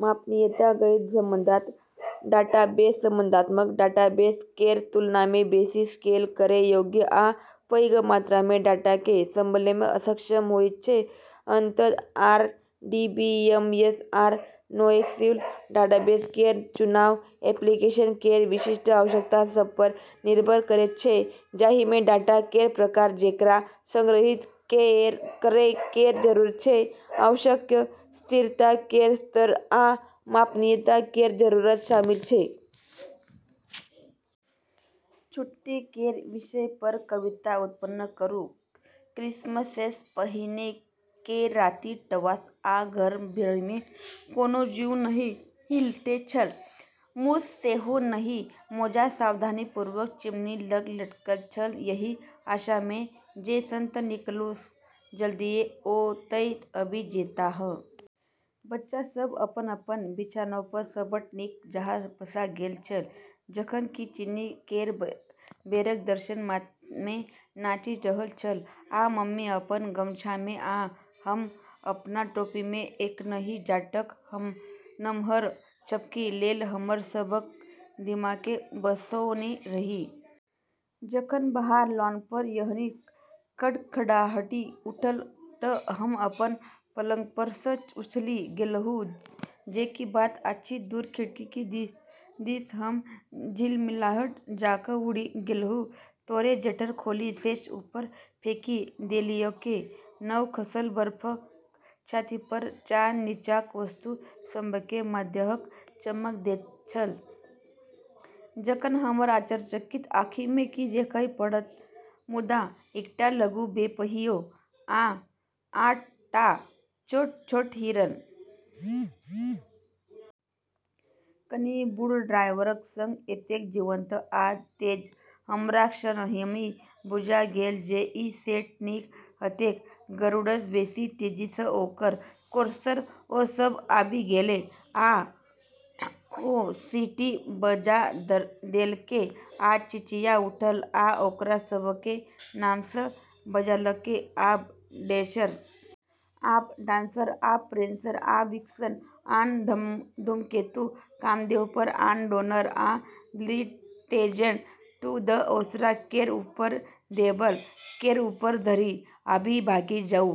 मापनीयता: गैर-संबंधात्मक डाटाबेस संबंधात्मक डाटाबेस केर तुलनामे बेसी स्केल करै योग्य आ पैघ मात्रामे डाटाकेँ सँभालैमे सक्षम होइत छै। अंततः, आरडीबीएमएस आ नोएसक्यूएल डाटाबेस केर बीच चुनाव एप्लीकेशन केर विशिष्ट आवश्यकता सभपर निर्भर करैत छै, जाहिमे डाटा केर प्रकार जेकरा संग्रहीत करै केर जरूरत छै, आवश्यक स्थिरता केर स्तर, आ मापनीयता केर जरूरत शामिल छै। छुट्टी केर विषयपर कविता उत्पन्न करू। 'क्रिसमससँ पहिने केर राति ट्वास, आ घर भरिमे, कोनो जीव नहि हिलैत छल, मूस सेहो नहि। ' मोजा सावधानीपूर्वक चिमनी लग लटकल छल, एहि आशामे जे संत निकोलस जल्दिये ओतए आबि जेताह। बच्चा सभ अपन-अपन बिछाओनपर सभटा नीक जकाँ बसा गेल छल, जखन कि चीनी केर बेरक दर्शन माथमे नाचि रहल छल। आ मम्मी अपन गमछामे, आ हम अपन टोपीमे, एखनहि जाड़क नमहर झपकी लेल हमर सभक दिमागकेँ बसौने रही। जखन बाहर लॉनपर एहन खड़खड़ाहटि उठल तऽ हम अपन पलंगपरसँ उछलि गेलहुँ जे की बात अछि। दूर खिड़की दिस हम झिलमिलाहट जकाँ उड़ि गेलहुँ, तोरे शटर खोलि सैश ऊपर फेकि देलियैक। नव-खसल बर्फक छातीपर चान नीचाँक वस्तु सभकेँ मध्याह्नक चमक दैत छल जखन, हमर आश्चर्यचकित आँखिमे की देखाय पड़त, मुदा एकटा लघु बेपहियों आ आठ टा छोट-छोट हिरन। कनि बूढ़ ड्राइवरक संग, एतेक जीवंत आ तेज, हमरा क्षणहिमे बुझा गेल जे ई सेंट निक हेतैक। गरुड़सँ बेसी तेजीसँ ओकर कोर्सर ओ सभ आबि गेलै, आ ओ सीटी बजा देलकै, आ चिचिया उठल, आ ओकरा सभकेँ नामसँ बजौलकै: "आब डैशर! आब डांसर! आब, प्रैन्सर आ विक्सन! ऑन, धूमकेतु! कामदेवपर! ऑन, डोनर आ ब्लिट्जेन! To the. " ओसारा केर ऊपर! देबाल केर ऊपर धरि! आब भागि जाउ!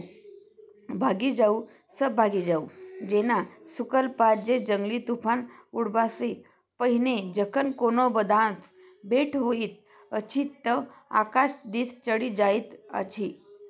भागि जाउ! सब भागि जाउ! " जेना सूखल पात जे जंगली तूफान उड़बासँ पहिने, जखन कोनो बाधासँ भेट होइत अछि तँ आकाश दिस चढ़ि जाइत अछि।